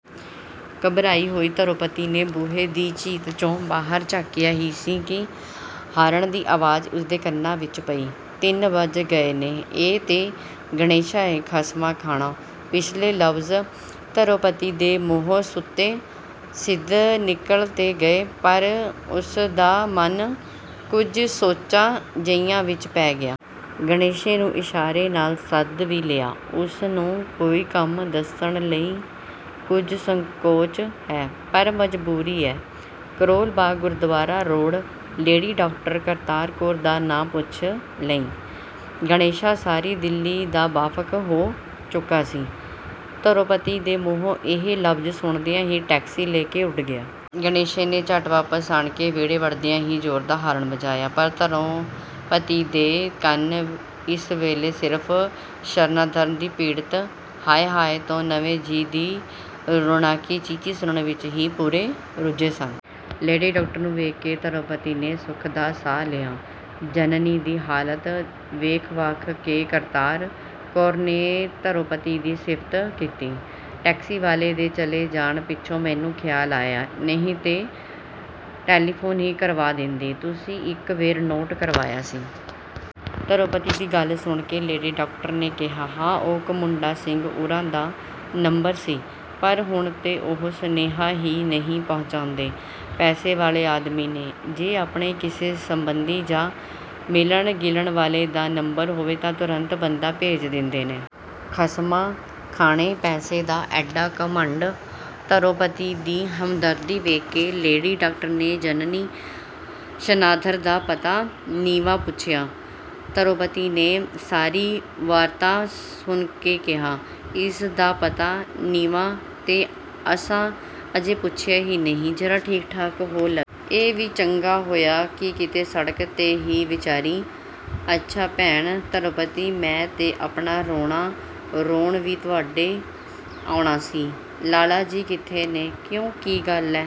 ਘਬਰਾਈ ਹੋਈ ਧਰੋਪਤੀ ਨੇ ਬੂਹੇ ਦੀ ਝੀਤ 'ਚੋਂ ਬਾਹਰ ਝਾਕਿਆ ਹੀ ਸੀ ਕਿ ਹਾਰਨ ਦੀ ਆਵਾਜ਼ ਉਸ ਦੇ ਕੰਨਾਂ ਵਿਚ ਪਈ। ਤਿੰਨ ਵੱਜ ਗਏ ਨੇ? ਇਹ ਤੇ ਗਣੇਸ਼ਾ ਏ, ਖਸਮਾਂ ਖਾਣਾ! ਪਿਛਲੇ ਲਫਜ਼ ਧਰੋਪਤੀ ਦੇ ਮੂੰਹੋਂ ਸੁੱਤੇ ਸਿਧ ਨਿਕਲ ਤੇ ਗਏ, ਪਰ ਉਸ ਦਾ ਮਨ ਕੁਝ ਸੋਚਾਂ ਜਿਹੀਆਂ ਵਿਚ ਪੈ ਗਿਆ। ਗਣੇਸ਼ੇ ਨੂੰ ਇਸ਼ਾਰੇ ਨਾਲ ਸੱਦ ਵੀ ਲਿਆ। ਉਸ ਨੂੰ ਕੋਈ ਕੰਮ ਦੱਸਣ ਲਈ ਕੁਝ ਸੰਕੋਚ ਹੈ, ਪਰ ਮਜਬੂਰੀ ਹੈ। "Karol Bagh Gurdwara road lady doctor Kartar Kaur ਦਾ ਨਾਂ ਪੁੱਛ ਲਈਂ। " ਗਣੇਸ਼ਾ ਸਾਰੀ ਦਿੱਲੀ ਦਾ ਵਾਕਫ ਹੋ ਚੁੱਕਾ ਸੀ, ਧਰੋਪਤੀ ਦੇ ਮੂੰਹੋਂ ਇਹ ਲਫਜ਼ ਸੁਣਦਿਆਂ ਹੀ ਟੈਕਸੀ ਲੈ ਕੇ ਉਡ ਗਿਆ। ਗਣੇਸ਼ੇ ਨੇ ਝਟ ਵਾਪਸ ਆਣ ਕੇ ਵਿਹੜੇ ਵੜਦਿਆਂ ਹੀ ਜ਼ੋਰ ਦਾ ਹਾਰਨ ਵਜਾਇਆ, ਪਰ ਧਰੋਪਤੀ ਦੇ ਕੰਨ ਇਸ ਵੇਲੇ ਸਿਰਫ ਸ਼ਰਨਾਰਥਣ ਦੀ ਪੀੜਤ ਹਾਏ ਹਾਏ ਤੋਂ ਨਵੇਂ ਜੀਅ ਦੀ ਰੁਣਾਕੀ ਚੀਂ-ਚੀਂ ਸੁਣਨ ਵਿਚ ਹੀ ਪੂਰੇ ਰੁੱਝੇ ਸਨ। ਲੇਡੀ ਡਾਕਟਰ ਨੂੰ ਵੇਖ ਕੇ ਧਰੋਪਤੀ ਨੇ ਸੁੱਖ ਦਾ ਸਾਹ ਲਿਆ। ਜਨਨੀ ਦੀ ਹਾਲਤ ਵੇਖ-ਵਾਖ ਕੇ ਕਰਤਾਰ ਕੌਰ ਨੇ ਧਰੋਪਤੀ ਦੀ ਸਿਫਤ ਕੀਤੀ। "ਟੈਕਸੀ ਵਾਲੇ ਦੇ ਚਲੇ ਜਾਣ ਪਿੱਛੋਂ ਮੈਨੂੰ ਖਿਆਲ ਆਇਆ, ਨਹੀਂ ਤੇ ਟੈਲੀਫੋਨ ਹੀ ਕਰਵਾ ਦਿੰਦੀ, ਤੁਸੀਂ ਇਕ ਵੇਰ ਨੋਟ ਕਰਵਾਇਆ ਸੀ। " ਧਰੋਪਤੀ ਦੀ ਗੱਲ ਸੁਣ ਕੇ ਲੇਡੀ ਡਾਕਟਰ ਨੇ ਕਿਹਾ: "ਹਾਂ ਉਹ ਘੁਮੰਡਾ ਸਿੰਘ ਉਰਾਂ ਦਾ ਨੰਬਰ ਸੀ, ਪਰ ਹੁਣ ਤੇ ਉਹ ਸੁਨੇਹਾ ਹੀ ਨਹੀਂ ਪਹੁੰਚਾਉਂਦੇ। ਪੈਸੇ ਵਾਲੇ ਆਦਮੀ ਨੇ, ਜੇ ਆਪਣੇ ਕਿਸੇ ਸਬੰਧੀ ਜਾਂ ਮਿਲਣ-ਗਿਲਣ ਵਾਲੇ ਦਾ ਕੰਮ ਹੋਵੇ ਤਾਂ ਤੁਰਤ ਬੰਦਾ ਭੇਜ ਦਿੰਦੇ ਨੇ। " "ਖਸਮਾਂ ਖਾਣੇ, ਪੈਸੇ ਦਾ ਐਡਾ ਘੁਮੰਡ! " ਧਰੋਪਤੀ ਦੀ ਹਮਦਰਦੀ ਵੇਖ ਕੇ ਲੇਡੀ ਡਾਕਟਰ ਨੇ ਜਨਨੀ ਸ਼ਰਨਾਰਥਣ ਦਾ ਪਤਾ-ਨਿਵਾਂ ਪੁੱਛਿਆ। ਧਰੋਪਤੀ ਨੇ ਸਾਰੀ ਵਾਰਤਾ ਸੁਣ ਕੇ ਕਿਹਾ, "ਇਸ ਦਾ ਪਤਾ-ਨਿਵਾਂ ਤੇ ਅਸਾਂ ਅਜੇ ਪੁੱਛਿਆ ਹੀ ਨਹੀਂ, ਜ਼ਰਾ ਠੀਕ ਠਾਕ ਹੋ ਲਵੇ। " "ਇਹ ਵੀ ਚੰਗਾ ਹੋਇਆ ਕਿ ਕਿਤੇ ਸੜਕ 'ਤੇ ਹੀ ਵਿਚਾਰੀ। " "ਹੱਛਾ ਭੈਣ ਧਰੋਪਤੀ ਮੈਂ ਤੇ ਆਪਣਾ ਰੋਣਾ ਰੋਣ ਵੀ ਤੁਹਾਡੇ ਆਉਣਾ ਸੀ, ਲਾਲਾ ਜੀ ਕਿੱਥੇ ਨੇ? " "ਕਿਉਂ, ਕੀ ਗੱਲ ਏ?